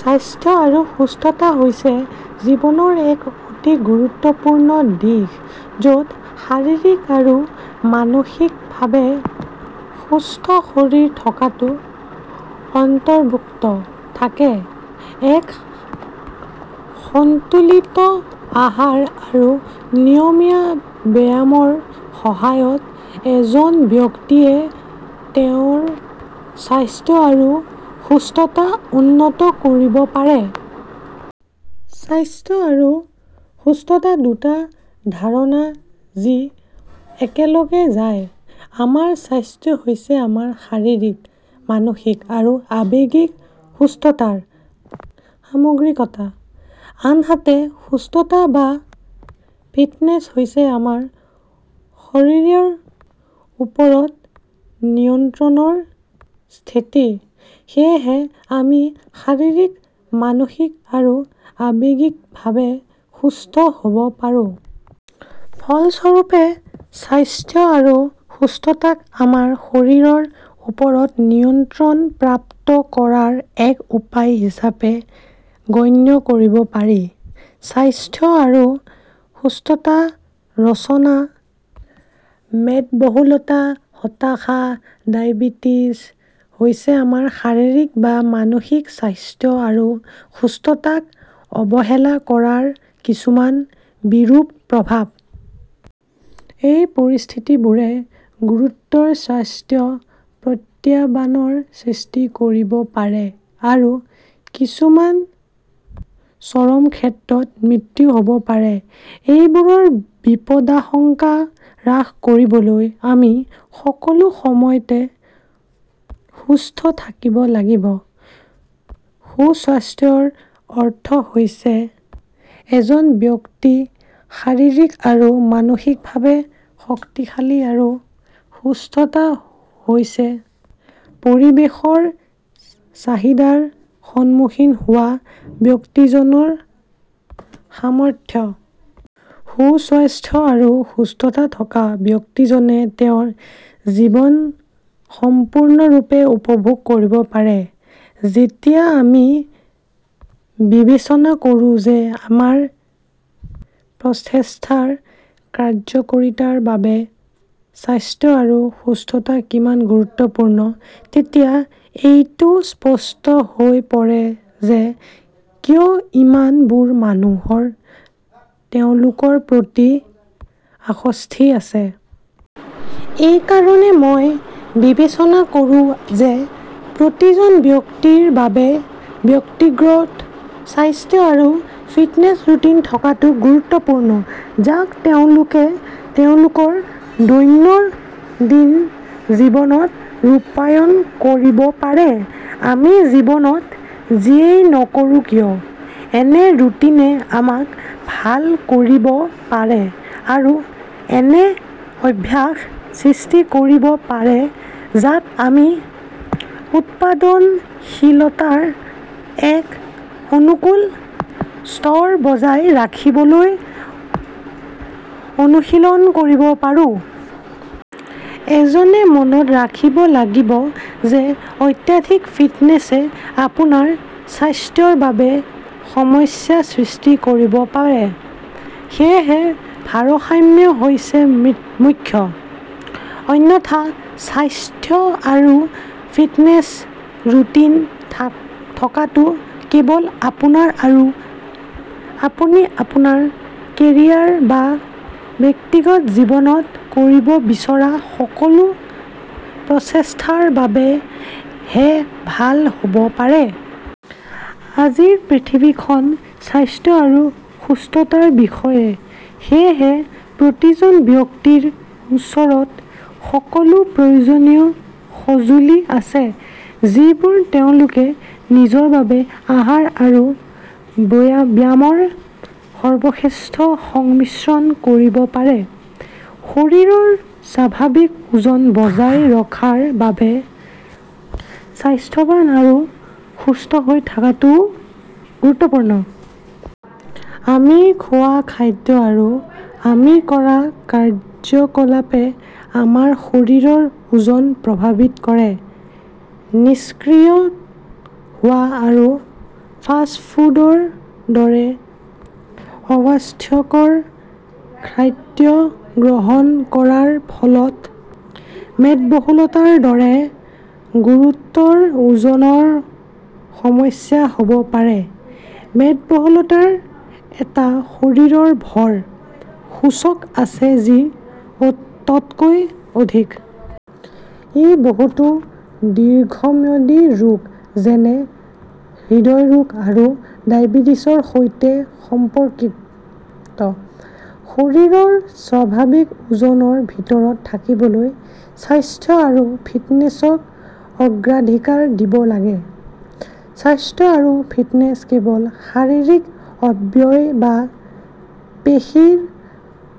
স্বাস্থ্য আৰু সুস্থতা হৈছে জীৱনৰ এক অতি গুৰুত্বপূৰ্ণ দিশ য'ত শাৰীৰিক আৰু মানসিকভাৱে সুস্থ শৰীৰ থকাটো অন্তৰ্ভুক্ত থাকে। এক সন্তুলিত আহাৰ আৰু নিয়মীয়া ব্যায়ামৰ সহায়ত এজন ব্যক্তিয়ে তেওঁৰ স্বাস্থ্য আৰু সুস্থতা উন্নত কৰিব পাৰে। স্বাস্থ্য আৰু সুস্থতা দুটা ধাৰণা যি একেলগে যায়। আমাৰ স্বাস্থ্য হৈছে আমাৰ শাৰীৰিক, মানসিক আৰু আৱেগিক সুস্থতাৰ সামগ্ৰিকতা। আনহাতে, সুস্থতা বা ফিটনেছ হৈছে আমাৰ শৰীৰৰ ওপৰত নিয়ন্ত্ৰণৰ স্থিতি। সেয়েহে, আমি শাৰীৰিক, মানসিক আৰু আৱেগিকভাৱে সুস্থ হ'ব পাৰোঁ। ফলস্বৰূপে, স্বাস্থ্য আৰু সুস্থতাক আমাৰ শৰীৰৰ ওপৰত নিয়ন্ত্ৰণ প্ৰাপ্ত কৰাৰ এক উপায় হিচাপে গণ্য কৰিব পাৰি। স্বাস্থ্য আৰু সুস্থতা ৰচনা মেদবহুলতা, হতাশা, ডায়েবেটিচ হৈছে আমাৰ শাৰীৰিক বা মানসিক স্বাস্থ্য আৰু সুস্থতাক অৱহেলা কৰাৰ কিছুমান বিৰূপ প্ৰভাৱ। এই পৰিস্থিতিবোৰে গুৰুতৰ স্বাস্থ্য প্ৰত্যাহ্বানৰ সৃষ্টি কৰিব পাৰে আৰু কিছুমান চৰম ক্ষেত্ৰত মৃত্যু হ'ব পাৰে। এইবোৰৰ বিপদাশংকা হ্ৰাস কৰিবলৈ আমি সকলো সময়তে সুস্থ থাকিব লাগিব। সুস্বাস্থ্যৰ অৰ্থ হৈছে এজন ব্যক্তি শাৰীৰিক আৰু মানসিকভাৱে শক্তিশালী আৰু সুস্থতা হৈছে পৰিৱেশৰ চাহিদাৰ সন্মুখীন হোৱাৰ ব্যক্তিজনৰ সামৰ্থ্য। সুস্বাস্থ্য আৰু সুস্থতা থকা ব্যক্তিজনে তেওঁৰ জীৱন সম্পূৰ্ণৰূপে উপভোগ কৰিব পাৰে। যেতিয়া আমি বিবেচনা কৰোঁ যে আমাৰ প্ৰচেষ্টাৰ কাৰ্যকৰীতাৰ বাবে স্বাস্থ্য আৰু সুস্থতা কিমান গুৰুত্বপূৰ্ণ, তেতিয়া এইটো স্পষ্ট হৈ পৰে যে কিয় ইমান বোৰ মানুহৰ তেওঁলোকৰ প্ৰতি আসক্তি আছে। এইকাৰণে মই বিবেচনা কৰোঁ যে প্ৰতিজন ব্যক্তিৰ বাবে ব্যক্তিগত স্বাস্থ্য আৰু ফিটনেছ ৰুটিন থকাটো গুৰুত্বপূৰ্ণ যাক তেওঁলোকে তেওঁলোকৰ দৈনন্দিন জীৱনত ৰূপায়ণ কৰিব পাৰে। আমি জীৱনত যিয়েই নকৰোঁ কিয় এনে ৰুটিনে আমাক ভাল কৰিব পাৰে আৰু এনে অভ্যাস সৃষ্টি কৰিব পাৰে যাক আমি উৎপাদনশীলতাৰ এক অনুকূল স্তৰ বজাই ৰাখিবলৈ অনুশীলন কৰিব পাৰোঁ। এজনে মনত ৰাখিব লাগিব যে অত্যাধিক ফিটনেছে আপোনাৰ স্বাস্থ্যৰ বাবে সমস্যা সৃষ্টি কৰিব পাৰে, সেয়েহে ভাৰসাম্য হৈছে মুখ্য। অন্যথা স্বাস্থ্য আৰু ফিটনেছ ৰুটিন থকাটো কেৱল আপোনাৰ আৰু আপুনি আপোনাৰ কেৰিয়াৰ বা ব্যক্তিগত জীৱনত কৰিব বিচৰা সকলো প্ৰচেষ্টাৰ বাবে হে ভাল হ'ব পাৰে। আজিৰ পৃথিৱীখন স্বাস্থ্য আৰু সুস্থতাৰ বিষয়ে সেয়েহে প্ৰতিজন ব্যক্তিৰ ওচৰত সকলো প্ৰয়োজনীয় সঁজুলি আছে যিবোৰ তেওঁলোকে নিজৰ বাবে আহাৰ আৰু ব্যায়ামৰ সৰ্বশ্ৰেষ্ঠ সংমিশ্ৰণ কৰিব পাৰে। শৰীৰৰ স্বাভাৱিক ওজন বজাই ৰখাৰ বাবে স্বাস্থ্যৱান আৰু সুস্থ হৈ থকাটোও গুৰুত্বপূৰ্ণ। আমি খোৱা খাদ্য আৰু আমি কৰা কাৰ্যকলাপে আমাৰ শৰীৰৰ ওজন প্ৰভাৱিত কৰে। নিষ্ক্ৰিয় হোৱা আৰু ফাষ্ট ফুডৰ দৰে অস্বাস্থ্যকৰ খাদ্য গ্ৰহণ কৰাৰ ফলত মেদবহুলতাৰ দৰে গুৰুতৰ ওজনৰ সমস্যা হ'ব পাৰে। মেদবহুলতাৰ এটা শৰীৰৰ ভৰ সূচক আছে যি তকৈ অধিক। ই বহুতো দীৰ্ঘম্যাদী ৰোগ যেনে হৃদৰোগ আৰু ডায়েবেটিচৰ সৈতে সম্পৰ্কিত। শৰীৰৰ স্বাভাৱিক ওজনৰ ভিতৰত থাকিবলৈ, স্বাস্থ্য আৰু ফিটনেছক অগ্ৰাধিকাৰ দিব লাগিব। স্বাস্থ্য আৰু ফিটনেছ কেৱল শাৰীৰিক অবয়ব বা পেশীৰ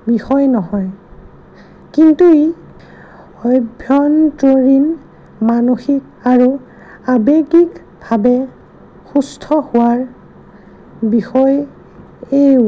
বিষয়ে নহয়, কিন্তু ই আভ্যন্তৰীণ, মানসিক আৰু আৱেগিকভাৱে সুস্থ হোৱাৰ বিষয়েও